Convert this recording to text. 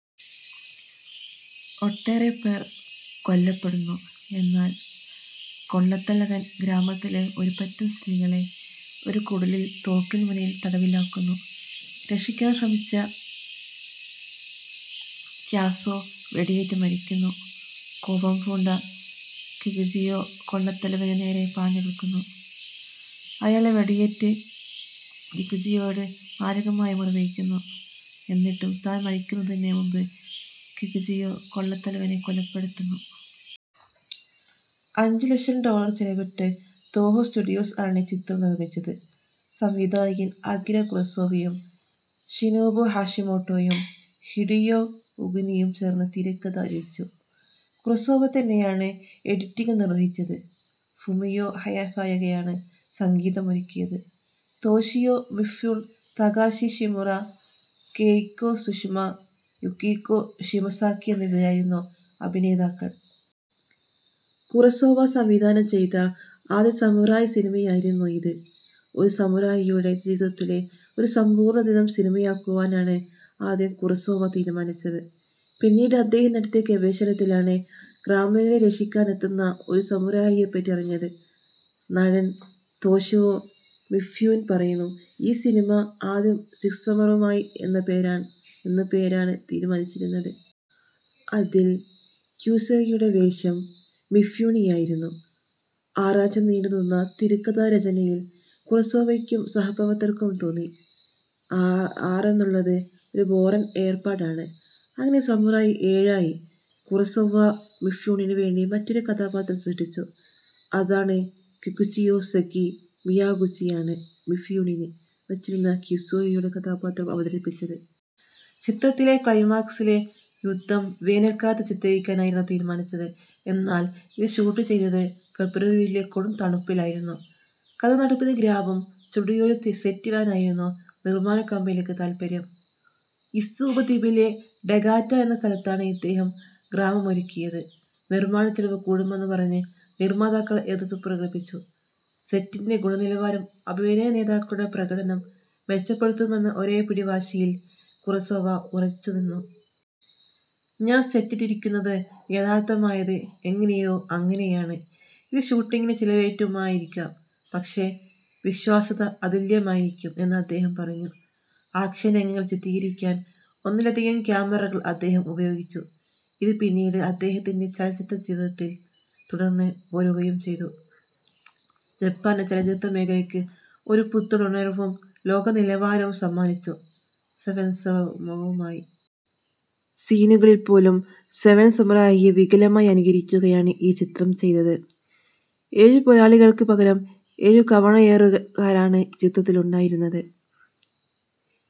ഒട്ടേറെപ്പേർ കൊല്ലപ്പെടുന്നു. എന്നാൽ, കൊള്ളത്തലവൻ ഗ്രാമത്തിലെ ഒരു പറ്റം സ്ത്രീകളെ ഒരു കുടിലിൽ തോക്കിൻമുനയിൽ തടവിലാക്കുന്നു. രക്ഷിക്കാൻ ശ്രമിച്ച ക്യോസോ വെടിയേറ്റ് മരിക്കുന്നു. കോപം പൂണ്ട കികുചിയോ കൊള്ളത്തലവന് നേരെ പാഞ്ഞടുക്കുന്നു. അയാളു വെടിയേറ്റ് കികുചിയോയ്ക്ക് മാരകമായി മുറിവേൽക്കുന്നു. എന്നിട്ടും, താൻ മരിക്കുന്നതിന് മുമ്പ് കികുചിയോ കൊള്ളത്തലവനെ കൊലപ്പെടുത്തുന്നു. അഞ്ചുലക്ഷം ഡോളർ ചിലവിട്ട് തോഹോ സ്റ്റുഡിയോസ് ആണ് ചിത്രം നിർമിച്ചത്. സംവിധായകൻ അകിര കുറസോവയും ഷിനോബു ഹാഷിമോട്ടോയും ഹിഡിയോ ഒഗുനിയും ചേർന്ന് തിരക്കഥ രചിച്ചു. കുറസോവ തന്നെയാണ് എഡിറ്റിംഗും നിർവഹിച്ചത്. ഫുമിയോ ഹയാസാകയാണ് സംഗീതമൊരുക്കിയത്. Toshiro Mifune, Takashi Shimura, Keiko Tsushima, Yukiko Shimazaki എന്നിവരായിരുന്നു അഭിനേതാക്കൾ. കുറസോവ സംവിധാനം ചെയ്ത ആദ്യ സമുറായ് സിനിമയായിരുന്നു ഇത്. ഒരു സമുറായിയുടെ ജീവിതത്തിലെ ഒരു സമ്പൂർണദിനം സിനിമയാക്കുവാനാണ് ആദ്യം കുറസോവ തീരുമാനിച്ചത്. പിന്നീട് അദ്ദേഹം നടത്തിയ ഗവേഷണത്തിലാണ് ഗ്രാമീണരെ രക്ഷിക്കാനെത്തുന്ന ഒരു സമുറായിയെപ്പറ്റി അറിഞ്ഞത്. നടൻ തോഷിറോ മിഫ്യൂൺ പറയുന്നു: ഈ സിനിമ ആദ്യം സിക്സ് സമുറായി എന്ന പേരാണ് തീരുമാനിച്ചിരുന്നത്. അതിൽ ക്യോസോയുടെ വേഷം മിഫ്യൂണിനായിരുന്നു. ആറാഴ്ച നീണ്ടു നിന്ന തിരക്കഥാ രചനയിൽ കുറസോവയ്ക്കും സഹപ്രവർത്തകർക്കും തോന്നി. ആറെന്നുള്ളത് ഒരു ബോറൻ ഏർപ്പാടാണ്. അങ്ങനെ സമുറായ് ഏഴായി. കുറസോവ മിഫ്യൂണിന് വേണ്ടി മറ്റൊരു കഥാപാത്രം സൃഷ്ടിച്ചു. അതാണ് കികുചിയോ. സെഗി മിയാഗുചിയാണ് മിഫൂണിന് വച്ചിരുന്ന ക്യോസോയുടെ കഥാപാത്രം അവതരിപ്പിച്ചത്. ചിത്രത്തിന്റെ ക്ലൈമാക്സിലെ യുദ്ധം വേനൽക്കാലത്ത് ചിത്രീകരിക്കാനായിരുന്നു തീരുമാനിച്ചത്. എന്നാൽ, ഇത് ഷൂട്ട് ചെയ്തത് ഫെബ്രുവരിയിലെ കൊടുംതണുപ്പിലായിരുന്നു. കഥ നടക്കുന്ന ഗ്രാമം സ്റ്റുഡിയോയിൽ സെറ്റിടാനായിരുന്നു നിർമ്മാണകമ്പനിയ്ക്ക് താൽപര്യം. ഇസു ഉപദ്വീപിലെ ടഗാറ്റ എന്ന സ്ഥലത്താണ് അദ്ദേഹം ഗ്രാമമൊരുക്കിയത്. നിർമ്മാണചെലവ് കൂടുമെന്നു പറഞ്ഞ് നിർമാതാക്കൾ എതിർപ്പു പ്രകടിപ്പിച്ചു. സെറ്റിന്റെ ഗുണനിലവാരം അഭിനേതാക്കളുടെ പ്രകടനം മെച്ചപ്പെടുത്തുമെന്ന ഒരേ പിടിവാശിയിൽ കുറസോവ ഉറച്ചു നിന്നു. ഞാൻ സെറ്റിട്ടിരിക്കുന്നത് യഥാർഥമായത് എങ്ങനെയോ അങ്ങനെയാണ്. ഇത് ഷൂട്ടിംഗിന് ചിലവേറ്റുമായിരിക്കാം. പക്ഷേ, വിശ്വാസ്യത അതുല്യമായിരിക്കും എന്നും അദ്ദേഹം പറഞ്ഞു. ആക്ഷൻ രംഗങ്ങൾ ചിത്രീകരിക്കാൻ ഒന്നിലധികം കാമറകൾ അദ്ദേഹം ഉപയോഗിച്ചു. ഇതു പിന്നീട് അദ്ദേഹത്തിന്റെ ചലച്ചിത്രജീവിതത്തിൽ തുടർന്നു പോരുകയും ചെയ്തു. ജപ്പാന്റെ ചലച്ചിത്ര മേഖലയ്ക്ക് ഒരു പുത്തനുണർവും ലോകനിലവാരവും സമ്മാനിച്ചു സെവൻസമുറായി. സീനുകളിൽപ്പോലും സെവൻസമുറായിയെ വികലമായി അനുകരിക്കുകയാണ് ഈ ചിത്രം ചെയ്തത്. ഏഴുപോരാളികൾക്ക് പകരം ഏഴു കവണയേറുകാരാണ് ചിത്രത്തിലുണ്ടായിരുന്നത്.